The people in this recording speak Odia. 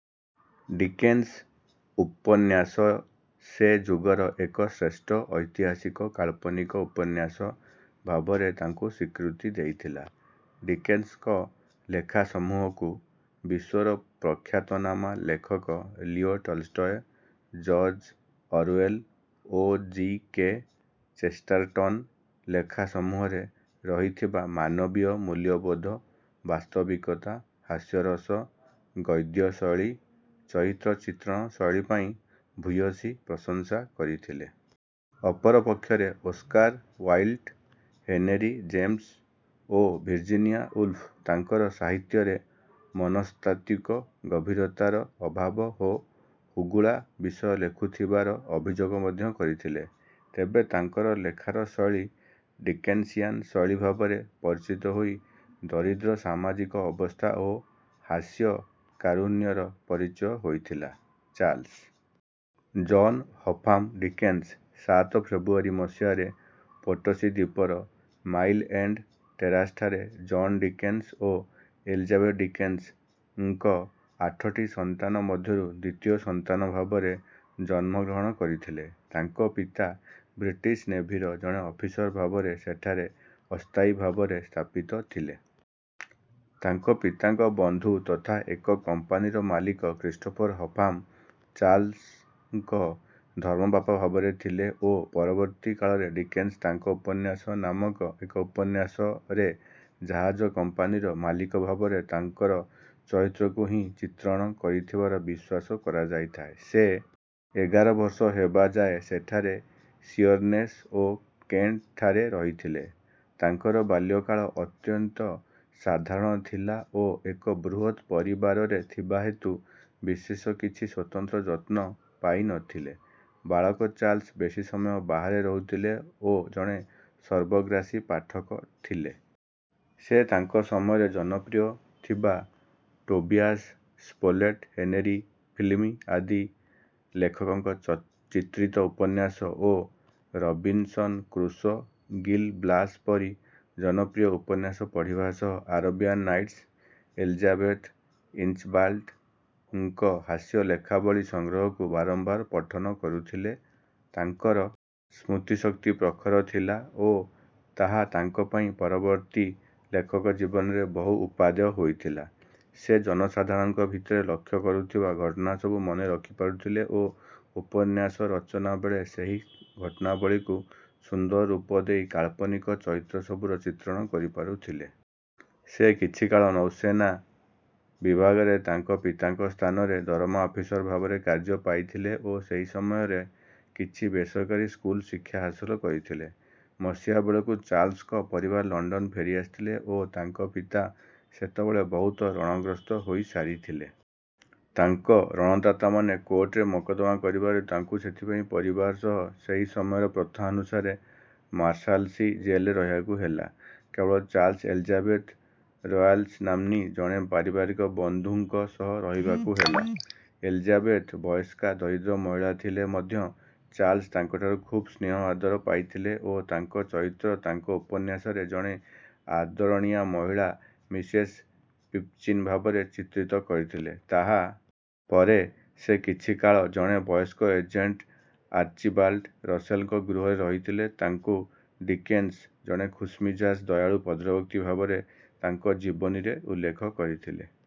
ଡିକେନ୍ସଙ୍କ ଉପନ୍ୟାସ ସେ ଯୁଗର ଏକ ଶ୍ରେଷ୍ଠ ଐତିହାସିକ କାଳ୍ପନିକ ଉପନ୍ୟାସ ଭାବରେ ତାଙ୍କୁ ସ୍ୱୀକୃତି ଦେଇଥିଲା। ଡିକେନ୍ସଙ୍କ ଲେଖାସମୂହକୁ ବିଶ୍ୱର ପ୍ରଖ୍ୟାତନାମା ଲେଖକ ଲିଓ ଟଲଷ୍ଟୟ, ଜର୍ଜ ଅରୱେଲ ଓ ଜି. କେ. ଚେଷ୍ଟାରଟନ୍‌ ଲେଖାସମୂହରେ ରହିଥିବା ମାନବୀୟ ମୂଲ୍ୟବୋଧ, ବାସ୍ତବିକତା, ହାସ୍ୟରସ, ଗଦ୍ୟଶୈଳୀ, ଚରିତ୍ର ଚିତ୍ରଣ ଶୈଳୀ ପାଇଁ ଭୂୟସୀ ପ୍ରଶଂସା କରିଥିଲେ। ଅପରପକ୍ଷରେ ଓସ୍କାର ୱାଇଲ୍ଡ, ହେନେରୀ ଜେମ୍ସ ଓ ଭିର୍ଜିନିଆ ଉଲ୍ଫ ତାଙ୍କର ସାହିତ୍ୟରେ ମନସ୍ତାତ୍ତ୍ୱିକ ଗଭୀରତାର ଅଭାବ ଓ ହୁଗୁଳା ବିଷୟ ଲେଖୁଥିବାର ଅଭିଯୋଗ ମଧ୍ୟ କରିଥିଲେ। ତେବେ ତାଙ୍କର ଲେଖାର ଶୈଳୀ ଡିକେନ୍ସିଆନ୍ ଶୈଳୀ ଭାବରେ ପରିଚିତ ହୋଇ ଦରିଦ୍ର ସାମାଜିକ ଅବସ୍ଥା ଓ ହାସ୍ୟ-କାରୁଣ୍ୟର ପରିଚୟ ଦେଇଥିଲା। ଚାର୍ଲ୍ସ ଜନ୍ ହଫାମ୍ ଡିକେନ୍ସ ସାତ ଫେବ୍ରୁଆରୀ ମସିହାରେ ପୋର୍ଟସୀ ଦ୍ୱୀପର, ମାଇଲ୍ ଏଣ୍ଡ୍ ଟେରାସ୍‌ଠାରେ ଜନ୍ ଡିକେନ୍ସ ଓ ଏଲିଜାବେଥ ଡିକେନ୍ସଙ୍କ ଆଠଟି ସନ୍ତାନ ମଧ୍ୟରୁ ଦ୍ୱିତୀୟ ସନ୍ତାନ ଭାବରେ ଜନ୍ମଗ୍ରହଣ କରିଥିଲେ। ତାଙ୍କ ପିତା ବ୍ରିଟିଶ ନେଭିର ଜଣେ ଅଫିସର ଭାବରେ ସେଠାରେ ଅସ୍ଥାୟୀ ଭାବରେ ସ୍ଥାପିତ ଥିଲେ। ତାଙ୍କ ପିତାଙ୍କ ବନ୍ଧୁ ତଥା ଏକ କମ୍ପାନୀର ମାଲିକ କ୍ରିଷ୍ଟୋଫର୍ ହଫାମ୍ ଚାର୍ଲ୍ସଙ୍କ ଧର୍ମବାପା ଭାବରେ ଥିଲେ ଓ ପରବର୍ତ୍ତୀ କାଳରେ ଡିକେନ୍ସ ତାଙ୍କ ଉପନ୍ୟାସ ନାମକ ଏକ ଉପନ୍ୟାସରେ ଜାହାଜ କମ୍ପାନୀର ମାଲିକ ଭାବରେ ତାଙ୍କର ଚରିତ୍ରକୁ ହିଁ ଚିତ୍ରଣ କରିଥିବାର ବିଶ୍ୱାସ କରାଯାଇଥାଏ। ସେ ଏଗାର ବର୍ଷ ହେବା ଯାଏ ସେଠାରେ ଶିଅର୍‌ନେସ୍ ଓ କେଣ୍ଟଠାରେ ରହିଥିଲେ। ତାଙ୍କର ବାଲ୍ୟକାଳ ଅତ୍ୟନ୍ତ ସାଧାରଣ ଥିଲା ଓ ଏକ ବୃହତ୍ ପରିବାରରେ ଥିବା ହେତୁ ବିଶେଷ କିଛି ସ୍ୱତନ୍ତ୍ର ଯତ୍ନ ପାଇ ନ ଥିଲେ। ବାଳକ ଚାର୍ଲ୍ସ ବେଶି ସମୟ ବାହାରେ ରହୁଥିଲେ ଓ ଜଣେ ସର୍ବଗ୍ରାସୀ ପାଠକ ଥିଲେ। ସେ ତାଙ୍କ ସମୟରେ ଜନପ୍ରିୟ ଥିବା ଟୋବିଆସ୍ ସ୍ମୋଲେଟ୍ ହେନେରୀ ଫିଲ୍ଡିଂ ଆଦି ଲେଖକଙ୍କ ଚିତ୍ରିତ ଉପନ୍ୟାସ ଓ ରବିନ୍‌ସନ୍ କ୍ରୁଶୋ, ଗିଲ୍ ବ୍ଲାସ୍ ପରି ଜନପ୍ରିୟ ଉପନ୍ୟାସ ପଢ଼ିବା ସହ ଆରବିଆନ୍ ନାଇଟ୍ସ, ଏଲିଜାବେଥ୍ ଇଞ୍ଚବାଲ୍ଡ ଙ୍କ ହାସ୍ୟ ଲେଖାବଳୀ ସଂଗ୍ରହକୁ ବାରମ୍ବାର ପଠନ କରୁଥିଲେ। ତାଙ୍କର ସ୍ମୃତିଶକ୍ତି ପ୍ରଖର ଥିଲା ଓ ତାହା ତାଙ୍କ ପାଇଁ ପରବର୍ତ୍ତୀ ଲେଖକ ଜୀବନରେ ବହୁ ଉପାଦେୟ ହୋଇଥିଲା। ସେ ଜନସାଧାରଣଙ୍କ ଭିତରେ ଲକ୍ଷ୍ୟ କରୁଥିବା ଘଟଣାସବୁ ମନେ ରଖିପାରୁଥିଲେ ଓ ଉପନ୍ୟାସ ରଚନା ବେଳେ ସେହି ଘଟଣାବଳୀକୁ ସୁନ୍ଦର ରୂପ ଦେଇ କାଳ୍ପନିକ ଚରିତ୍ର ସବୁର ଚିତ୍ରଣ କରିପାରୁଥିଲେ। ସେ କିଛିକାଳ ନୌସେନା ବିଭାଗରେ ତାଙ୍କ ପିତାଙ୍କ ସ୍ଥାନରେ ଦରମା ଅଫିସର ଭାବରେ କାର୍ଯ୍ୟ ପାଇଥିଲେ ଓ ସେହି ସମୟରେ କିଛି ବେସରକାରୀ ସ୍କୁଲ ଶିକ୍ଷା ହାସଲ କରିଥିଲେ। ମସିହା ବେଳକୁ ଚାର୍ଲ୍ସଙ୍କ ପରିବାର ଲଣ୍ଡନ ଫେରିଆସିଲେ ଓ ତାଙ୍କ ପିତା ସେତେବେଳେ ବହୁତ ଋଣଗ୍ରସ୍ତ ହୋଇସାରିଥିଲେ। ତାଙ୍କ ଋଣଦାତାମାନେ କୋର୍ଟରେ ମକଦ୍ଦମା କରିବାରୁ ତାଙ୍କୁ ସେଥିପାଇଁ ପରିବାର ସହ ସେହି ସମୟର ପ୍ରଥା ଅନୁସାରେ ମାର୍ଶଲସୀ ଜେଲ୍‌ରେ ରହିବାକୁ ହେଲା। କେବଳ ଚାର୍ଲ୍ସ ଏଲିଜାବେଥ୍ ରୟଲାନ୍ସ ନାମ୍ନୀ ଜଣେ ପାରିବାରିକ ବନ୍ଧୁଙ୍କ ସହ ରହିବାକୁ ହେଲା। ଏଲିଜାବେଥ୍ ବୟସ୍କା ଦରିଦ୍ର ମହିଳା ଥିଲେ ମଧ୍ୟ ଚାର୍ଲ୍ସ ତାଙ୍କଠାରୁ ଖୁବ୍ ସ୍ନେହ ଆଦର ପାଇଥିଲେ ଓ ତାଙ୍କ ଚରିତ୍ର ତାଙ୍କ ଉପନ୍ୟାସରେ ଜଣେ ଆଦରଣୀୟା ମହିଳା ମିସେସ୍ ପିପ୍‌ଚିନ୍ ଭାବରେ ଚିତ୍ରିତ କରିଥିଲେ। ତାହା ପରେ ସେ କିଛିକାଳ ଜଣେ ବୟସ୍କ ଏଜେଣ୍ଟ ଆର୍ଚିବାଲ୍ଡ ରସେଲ୍ ଙ୍କ ଗୃହରେ ରହିଥିଲେ। ତାଙ୍କୁ ଡିକେନ୍ସ ଜଣେ ଖୁସ୍‌ମିଜାଜ, ଦୟାଳୁ ଭଦ୍ରବ୍ୟକ୍ତି ଭାବରେ ତାଙ୍କ ଜୀବନୀରେ ଉଲ୍ଲେଖ କରିଥିଲେ।